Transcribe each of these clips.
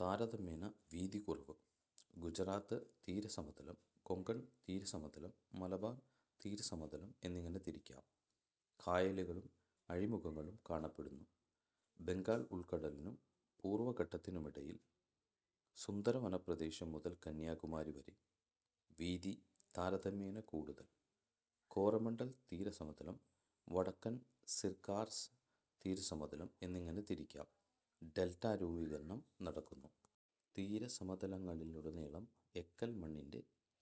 താരതമ്യേന വീതി കുറവ്. ഗുജറാത്ത് തീരസമതലം, കൊങ്കൺ തീരസമതലം, മലബാർ തീരസമതലം എന്നിങ്ങനെ തിരിക്കാം. കായലുകളും അഴിമുഖങ്ങളും കാണപ്പെടുന്നു. ബംഗാൾ ഉൾക്കടലിനും പൂർവഘട്ടത്തിനുമിടയിൽ. സുന്ദരവനപ്രദേശം മുതൽ കന്യാകുമാരി വരെ. വീതി താരതമ്യേന കൂടുതൽ. കോറമണ്ഡൽ തീരസമതലം, വടക്കൻ സിർകാർസ് തീരസമതലം എന്നിങ്ങനെ തിരിക്കാം. ഡെൽറ്റ രൂപീകരണം നടക്കുന്നു. തീരസമതലങ്ങളിലുടനീളം എക്കൽ മണ്ണിന്റെ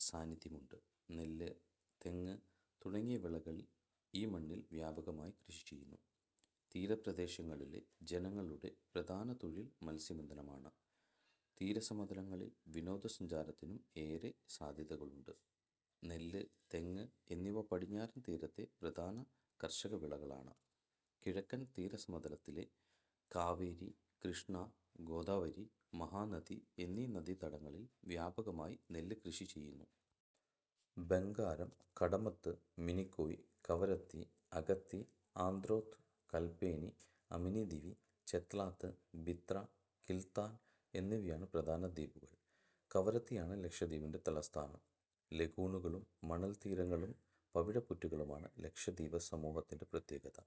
സാന്നിധ്യമുണ്ട്. നെല്ല്, തെങ്ങ് തുടങ്ങിയ വിളകൾ ഈ മണ്ണിൽ വ്യാപകമായി കൃഷിചെയ്യുന്നു. തീരപ്രദേശങ്ങളിലെ ജനങ്ങളുടെ പ്രധാന തൊഴിൽ മത്സ്യബന്ധനമാണ്. തീരസമതലങ്ങളിൽ വിനോദസഞ്ചാരത്തിനും ഏറെ സാധ്യതകളുണ്ട്. നെല്ല്, തെങ്ങ് എന്നിവ പടിഞ്ഞാറൻ തീരത്തെ പ്രധാന കാർഷികവിളകളാണ്. കിഴക്കൻ തീരസമതലത്തിലെ കാവേരി, കൃഷ്ണ, ഗോദാവരി, മഹാനദി എന്നീ നദീതടങ്ങളിൽ വ്യാപകമായി നെല്ല് കൃഷിചെയ്യുന്നു. ബംഗാരം, കടമത്ത്, മിനിക്കോയ്, കവരത്തി, അഗത്തി, ആന്ത്രോത്ത്, കല്പേനി, അമിനി ദിവി, ചെത്ലാത്ത്, ബിത്ര, കിൽത്താൻ എന്നിവയാണ് പ്രധാന ദ്വീപുകൾ. കവരത്തിയാണ് ലക്ഷദ്വീപിന്റെ തലസ്ഥാനം. ലഗൂണുകളും മണൽത്തീരങ്ങളും പവിഴപ്പുറ്റുകളുമാണ് ലക്ഷദ്വീപസമൂഹത്തിന്റെ പ്രത്യേകത.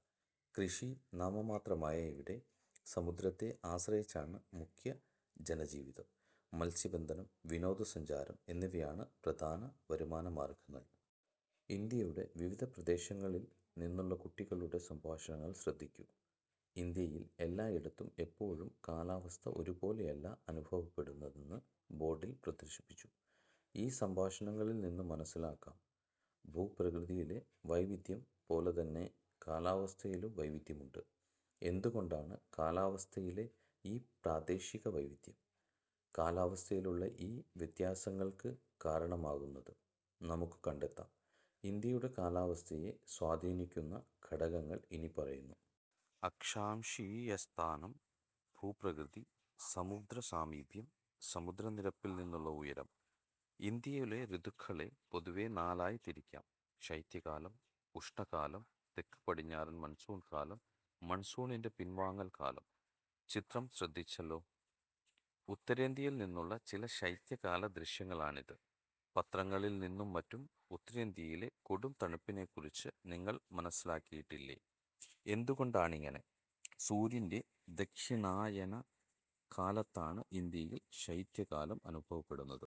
കൃഷി നാമമാത്രമായ ഇവിടെ സമുദ്രത്തെ ആശ്രയിച്ചാണ് മുഖ്യ ജനജീവിതം. മത്സ്യബന്ധനം, വിനോദ സഞ്ചാരം എന്നിവയാണ് പ്രധാന വരുമാനമാർഗങ്ങൾ. ഇന്ത്യയുടെ വിവിധ പ്രദേശങ്ങളിൽ നിന്നുള്ള കുട്ടികളുടെ സംഭാഷണങ്ങൾ ശ്രദ്ധിക്കൂ. ഇന്ത്യയിൽ എല്ലായിടത്തും എപ്പോഴും കാലാവസ്ഥ ഒരുപോലെയല്ല അനുഭവപ്പെടുന്നതെന്ന് ബോർഡിൽ പ്രദർശിപ്പിച്ചു. ഈ സംഭാഷണങ്ങളിൽനിന്നു മനസ്സിലാക്കാം. ഭൂപ്രകൃതിയിലെ വൈവിധ്യം പോലെത്തന്നെ കാലാവസ്ഥയിലും വൈവിധ്യമുണ്ട്. എന്തുകൊണ്ടാണ് കാലാവസ്ഥയിലെ ഈ പ്രാദേശികവൈവിധ്യം? കാലാവസ്ഥയിലുള്ള ഈ വ്യത്യാസങ്ങൾക്ക്കാരണമാകുന്നത്? നമുക്ക് കണ്ടെത്താം. ഇന്ത്യയുടെ കാലാവസ്ഥയെ സ്വാധീനിക്കുന്ന ഘടകങ്ങൾ ഇനിപ്പറയുന്നു. അക്ഷാംശീയസ്ഥാനം. ഭൂപ്രകൃതി. സമുദ്രസാമീപ്യം. സമുദ്രനിരപ്പിൽനിന്നുള്ള ഉയരം. ഇന്ത്യയിലെ ഋതുക്കളെ പൊതുവെ നാലായി തിരിക്കാം. ശൈത്യകാലം, ഉഷ്ണകാലം. തെക്ക്-പടിഞ്ഞാറൻ മൺസൂൺ കാലം മൺസൂണിന്റെ പിൻവാങ്ങൽ കാലം. ചിത്രം ശ്രദ്ധിച്ചല്ലോ. ഉത്തരേന്ത്യയിൽനിന്നുള്ള ചില ശൈത്യകാല ദൃശ്യങ്ങളാണിത്. പത്രങ്ങളിൽനിന്നും മറ്റും ഉത്തരേന്ത്യയിലെ കൊടും തണുപ്പിനെക്കുറിച്ച് നിങ്ങൾ മനസ്സിലാക്കിയിട്ടില്ലേ. എന്തുകൊണ്ടാണിങ്ങനെ? സൂര്യന്റെ ദക്ഷിണായന കാലത്താണ് ഇന്ത്യയിൽ ശൈത്യകാലം അനുഭവപ്പെടുന്നത്.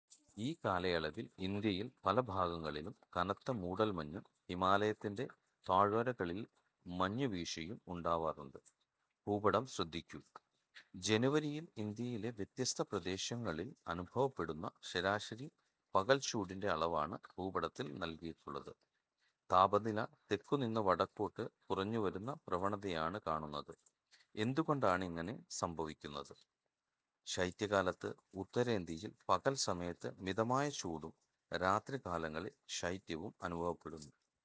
ഈ കാലയളവിൽ ഇന്ത്യയിൽ പലഭാഗങ്ങളിലും കനത്ത മൂടൽമഞ്ഞും ഹിമാലയത്തിന്റെ താഴ്വരകളിൽ മഞ്ഞു വീഴ്ചയും ഉണ്ടാവാറുണ്ട്. ഭൂപടം ശ്രദ്ധിക്കൂ. ജനുവരിയിൽ ഇന്ത്യയിലെ വ്യത്യസ്ത പ്രദേശങ്ങളിൽ അനുഭവപ്പെടുന്ന ശരാശരി പകൽച്ചൂടിന്റെ അളവാണ് ഭൂപടത്തിൽ നൽകിയിട്ടുള്ളത്. താപനില തെക്കുനിന്ന് വടക്കോട്ട് കുറഞ്ഞുവരുന്ന പ്രവണതയാണ് കാണുന്നത്. എന്തുകൊണ്ടാണിങ്ങനെ സംഭവിക്കുന്നത്? ശൈത്യകാലത്ത് ഉത്തരേന്ത്യയിൽ പകൽസമയത്ത് മിതമായ ചൂടും രാത്രി കാലങ്ങളിൽ ശൈത്യവും അനുഭവപ്പെടുന്നു.